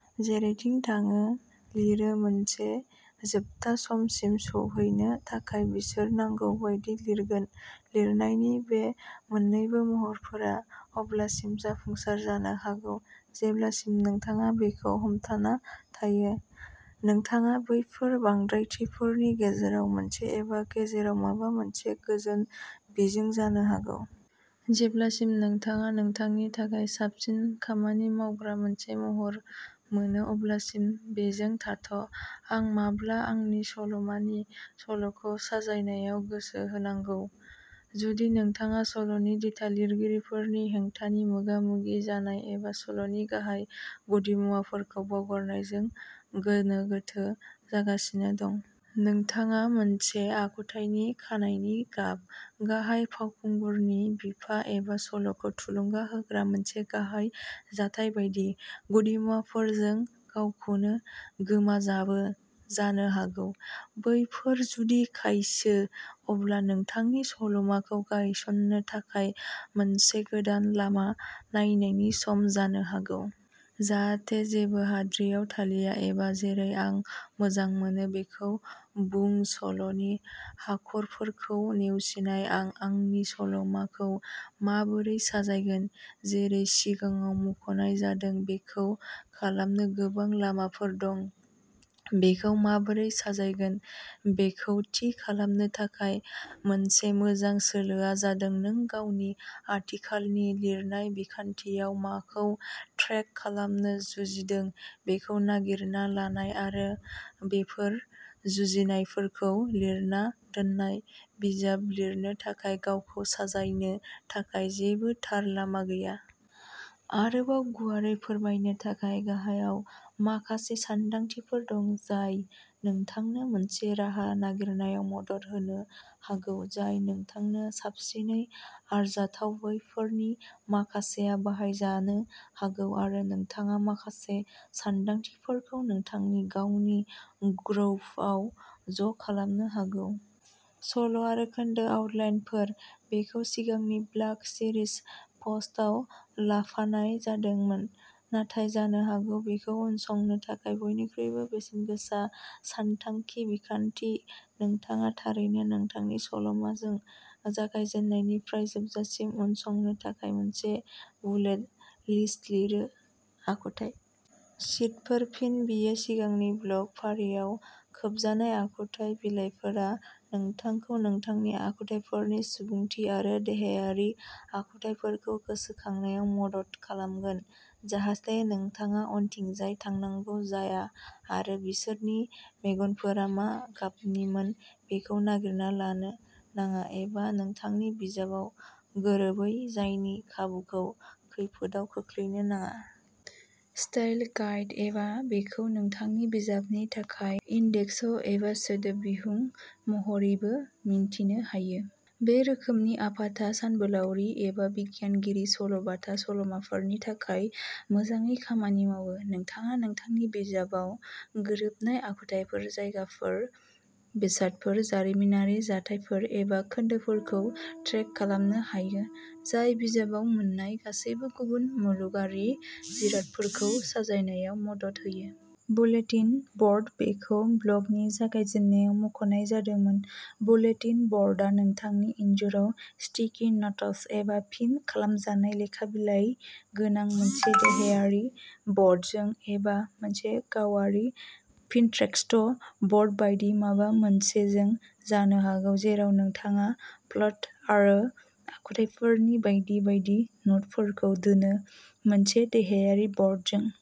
जेरैथिं थाङो लिरो मोनसे जोबथा समसिम सौहैनो थाखाय बिसोर नांगौ बायदि लिरगोन। लिरनायनि बे मोननैबो महरफोरा अब्लासिम जाफुंसार जानो हागौ जेब्लासिम नोंथाङा बैखौ हमथाना थायो। नोंथाङा बेफोर बांद्रायथिफोरनि गेजेराव मोनसे एबा गेजेराव माबा मोनसे गोजोन बिजों जानो हागौ। जेब्लासिम नोंथाङा नोंथांनि थाखाय साबसिन खामानि मावग्रा मोनसे महर मोनो अब्लासिम बेजों थाथ'। आं माब्ला आंनि सल'मानि सल'खौ साजायनायाव गोसो होनांगौ? जुदि नोंथाङा सल'नि दिथा लिरगिरिफोरनि हेंथानि मोगा-मोगि जानाय एबा सल'नि गाहाय गुदिमुवाफोरखौ बावगारनायजों गोनो-गोथो जागासिनो दं। नोंथाङा मोनसे आखुथायनि खानाइनि गाब गाहाय फावखुंगुरनि बिफा एबा सल'खौ थुलुंगा होग्रा मोनसे गाहाय जाथाय बायदि गुदिमुवाफोरजों गावखौनो गोमाजाबो जानो हागौ। बैफोरो जुदि खायसो अब्ला नोंथांनि सल'माखौ गायसननो थाखाय मोनसे गोदान लामा नायनायनि सम जानो हागौ। जाहाथे जेबो हाद्रिआव थालिया एबा जेरै आं मोजां मोनो बेखौ बुं सल'नि हाखरफोरखौ नेवसिनाय आं आंनि सल'माखौ माबोरै साजायगोन? जेरै सिगाङाव मुंख'नाय जादों बेखौ खालामनो गोबां लामाफोर दं। बेखौ माबोरै साजायगोन बेखौ थि खालामनो थाखाय मोनसे मोजां सोलोआ जादों नों गावनि आथिखालनि लिरनाय बिखान्थियाव माखौ ट्रेक खालामनो जुजिदों बेखौ नागिरना लानाय आरो बेफोर जुजिनायफोरखौ लिरना दोननाय बिजाब लिरनो थाखाय गावखौ साजायनो थाखाय जेबो थार लामा गैया। आरोबाव गुवारै फोरमायनो थाखाय गाहायाव माखासे सानदांथिफोर दं जाय नोंथांनो मोनसे राहा नागिरनायाव मदद होनो हागौ जाय नोंथांनो साबसिनै आरजाथाव बैफोरनि माखासेया बाहायजानो हागौ आरो नोंथाङा माखासे सानदांथिफोरखौ नोंथांनि गावनि ग्रुबआव ज'खालामनो हागौ। सल'आरो खोन्दो आउटलाइनफोर बेखौ सिगांनि ब्लग सिरिज पस्टआव लाफानाय जादोंमोन नाथाय जानो हागौ बेखौ उनसंनो थाखाय बयनिख्रुइबो बेसेनगोसा सानथांखि बिखान्थि‌ नोंथाङा थारैनो नोंथांनि सल'माजों जागायजेननायनिफ्राय जोबजासिम उनसंनो थाखाय मोनसे बुलेट लिस्ट लिरो। आखुथाइ शीटफोर फिन बेयो सिगांनि ब्लग फारिआव खोबजानाय आखुथाइ बिलाइफोरा नोंथांखौ नोंथांनि आखुथाइफोरनि सुबुंथि आरो देहायारि आखुथायफोरखौ गोसोखांनायाव मदद खालामगोन जाहाथे नोंथाङा उनथिंजाय थांनांगौ जाया आरो बिसोरनि मेगनफोरा मा गाबनिमोन बेखौ नागिरना लानो नाङा एबा नोंथांनि बिजाबाव गोरोबै जायनि खाबुखौ खैफोदआव खोख्लैनो नाङा। स्टाइल गाइड एबा बेखौ नोंथांनि बिजाबनि थाखाय इन्डेक्स एबा सोदोब बिहुं महरैबो मिन्थिनो हायो। बे रोखोमनि आफादा सानबोलावरि एबा बिगियानगिरि सल'बाथा सल'माफोरनि थाखाय मोजाङै खामानि मावो। नोंथाङा नोंथांनि बिजाबाव गोरोबनाय आखुथाइफोर, जायगाफोर, बेसादफोर, जारिमिनारि जाथायफोर एबा खोन्दोफोरखौ ट्रेक खालामनो हायो जाय बिजाबाव मोननाय गासैबो गुबुन मुलुगारि जिरादफोरखौ साजायनायाव मदद होयो। बुलेटिन बर्ड बेखौ ब्लगनि जागायजेननायाव मुंख'नाय जादोंमोन। बुलेटिन बर्डआ नोंथांनि इनजुराव स्टिकि न'टस एबा पिन खालामनाय लेखा बिलाइ गोनां मोनसे देहायारि बर्डजों एबा मोनसे गावारि पिनट्रेस्ट बर्ड बायदि माबा मोनसेजों जानो हागौ जेराव नोंथाङा प्लट आरो आखुथाइफोरनि बायदि बायदि न'टफोरखौ दोनो। मोनसे देहायारि बर्डजों।